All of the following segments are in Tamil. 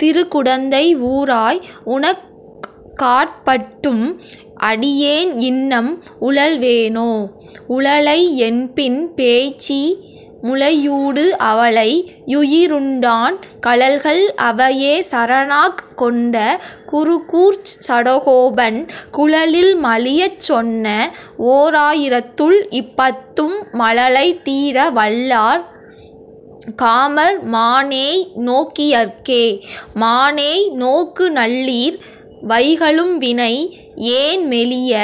திருக்குடந்தை ஊராய். உனக்காட்பட்டும் அடியேன் இன்னம் உழல்வேனோ? உழலை யென்பின் பேய்ச்சி முலையூடு அவளை யுயிருண்டான், கழல்கள் அவையே சரணாக் கொண்ட குருகூர்ச் சடகோபன், குழலில் மலியச் சொன்ன ஓராயிரத்துள் இப்பத்தும் மழலை தீர வல்லார் காமர் மானேய் நோக்கியர்க்கே. மானேய் நோக்குநல்லீர். வைகலும்வினை யேன்மெலிய,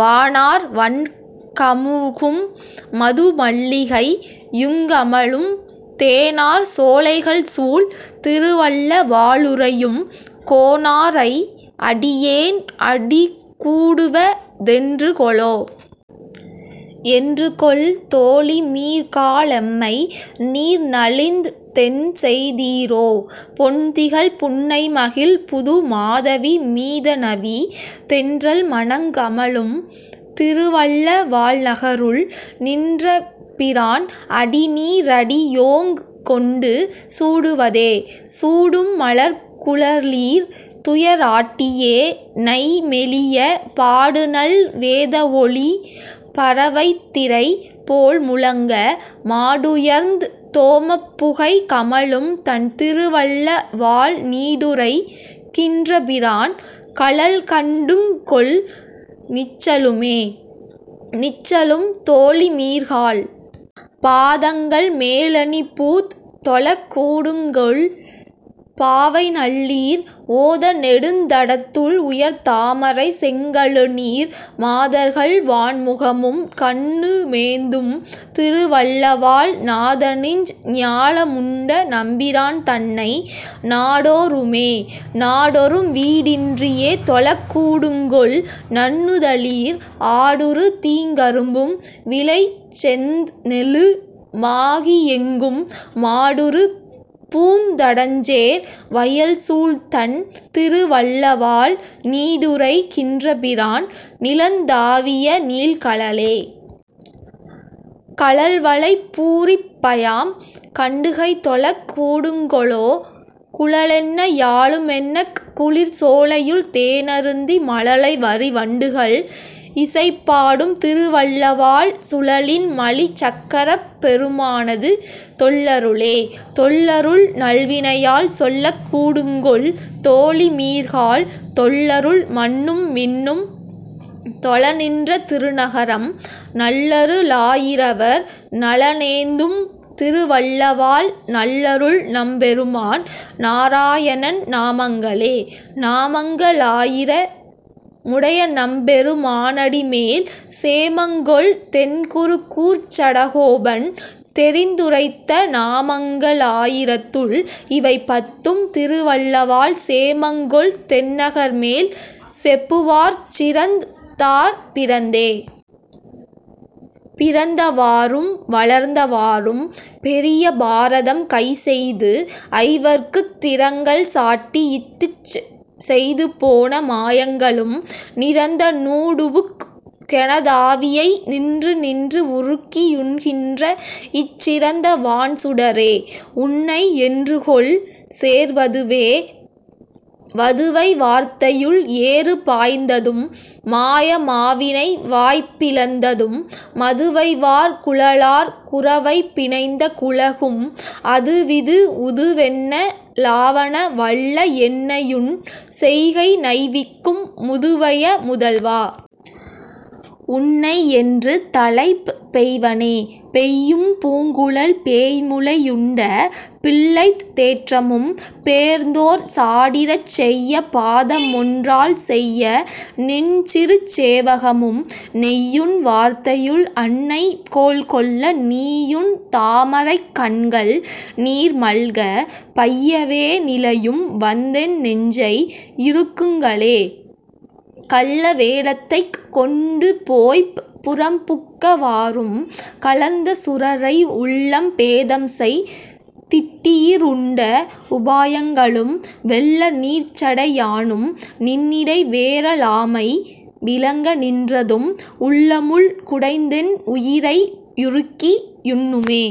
வானார் வண்கமுகும் மதுமல்லிகை யுங்கமழும், தேனார் சோலைகள்சூழ் திருவல்ல வாழுறையும் கோனா ரை, அடியேண் அடிகூடுவ தென்றுகொலோ?. என்றுகொல் தோழிமீர்காளெம்மைநீர்நலிந் தென்செய்தீரோ? பொன்திகழ் புன்னைமகிழ் புதுமாதவி மீதணவி, தென்றல் மணங்கமழும் திருவல்ல வாழ்நகருள் நின்றபி ரான், அடிநீ றடியோங்கொண்டு சூடுவதே?. சூடும் மலர்க்குழலீர். துயராட்டியே னைமெலிய, பாடுநல் வேதவொலி பரவைத்திரை போல்முழங்க, மாடுயர்ந் தோமப்புகை கமழும்தண் திருவல்லவாழ் நீடுறை கின்றபிரான் கழல்கண்டுங்கொல் நிச்சலுமே?. நிச்சலும் தோழிமீர்காள். பாதங்கள் மேலணிபூத் தொழக்கூடுங்கொல் பாவைநல்லீர், ஓதநெ டுந்தடத்துள் உயர்தாமரை செங்கழுநீர், மாதர்கள் வாண்முகமும் கண்ணுமேந்தும் திருவல்லவாழ், நாதனிஞ் ஞாலமுண்ட நம்பிரான்தன்னை நாடோ றுமே?. நாடொறும் வீடின்றியே தொழக்கூடுங்கொல் நன்னுதலீர், ஆடுறு தீங்கரும்பும் விளைசெந்நெலு மாகியெங்கும், மாடுறு பூந்தடஞ்சேர் வயல்சூழ்தண் திருவல்லவாழ், நீடுறை கின்றபிரான் நிலந்தாவிய நீள்கழலே?. கழல்வளை பூரிப்பயாம் கண்டுகைதொழக் கூடுங்கொலோ, குழலென்ன யாழுமென்னக் குளிர்சோலையுள் தேனருந்தி, மழலை வரிவண்டுகள் இசைபாடும் திருவல்லவாழ், சுழலின் மலிசக்கரப் பெருமானது தொல்லருளே?. தொல்லருள் நல்வினையால் சொல்லக்கூடுங்கொல் தோழிமீர்காள், தொல்லருள் மண்ணும்விண்ணும் தொழநின்ற திருநகரம், நல்லரு ளாயிரவர் நலனேந்தும் திருவல்லவாழ், நல்லருள் நம்பெருமான் நாராயணன் நாமங்களே? நாமங்க ளாயிர முடையநம்பெரு மானடிமேல், சேமங்கொள் தென்குருகூர்ச்சடகோபன் தெரிந்துரைத்த, நாமங்க ளாயிரத்துள் இவைபத்தும் திருவல்லவாழ், சேமங்கொள் தென்னகர்மேல் செப்புவார்சிறந் தார்பிறந்தே. பிறந்த வாறும் வளர்ந்த வாறும் பெரிய பாரதம் கைசெய்து, ஐவர்க்குத் திறங்கள் சாட்டி யிட்டுச் செய்து போன மாயங்களும், நிறந்த னூடுபுக் கெனதாவியை நின்றுநின்று உருக்கி யுண்கின்ற, இச் சிறந்த வான்சுட ரே. உன்னை யென்றுகொல் சேர்வதுவே.. வதுவை வார்த்தையுள் ஏறு பாய்ந்ததும் மாய மாவினை வாய்பி ளந்ததும் மதுவைவார் குழலார் குரவை பிணைந்த குழகும், அதுவிது உதுவென்ன லாவன வல்ல என்னையுன் செய்கை நைவிக்கும், முதுவைய முதல்வா. உன்னை யென்று தலைப் பெய்வனே?. பெய்யும் பூங்குழல் பேய்முலை யுண்ட பிள்ளைத் தேற்றமும், பேர்ந்தோர் சாடிறச் செய்ய பாதமொன் றால்செய்த நின்சிறுச் சேவகமும், நெய்யுண் வார்த்தையுள், அன்னை கோல்கொள்ள நீயுன் தாமரைக் கண்கள் நீர்மல்க, பையவே நிலையும் வந்தென் னெஞ்சை யுருக்குங்களே.. கள்ள வேடத்தைக் கொண்டுபோய்ப் புறம்புக்க வாறும், கலந்தசுரரை உள்ளம் பேதம்செய் திட்டுயி ருண்ட உபாயங்களும், வெள்ள நீர்ச்சடை யானும் நின்னிடை வேறலாமை விளங்க நின்றதும், உள்ளமுள் குடைந்தென் உயிரை யுருக்கி யுண்ணுமே..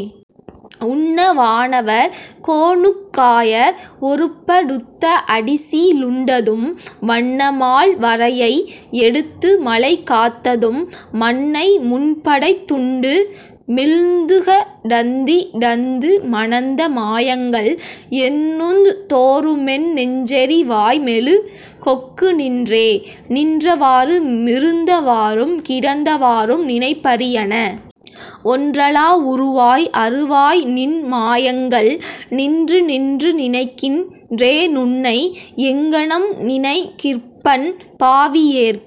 உண்ண வானவர் கோனுக் காயர் ஒருப்ப டுத்த அடிசி லுண்டதும், வண்ணமால் வரையை யெடுத்து மழைகாத்ததும், மண்ணை முன்படைத் துண்டு மிழ்ந்துக டந்தி டந்து மணந்த மாயங்கள், எண்ணுந் தோறுமென் னெஞ்செரி வாய் மெழு கொக்குநின்றே.. நின்ற வாறு மிருந்த வாறும் கிடந்த வாறும் நினைப்பரியன ஒன்றலா வுருவாய் அருவாயநின் மாயங்கள், நின்று நின்று நினைக்கின் றேனுன்னை எங்ங னம்நினை கிற்பன், பாவியேற்கு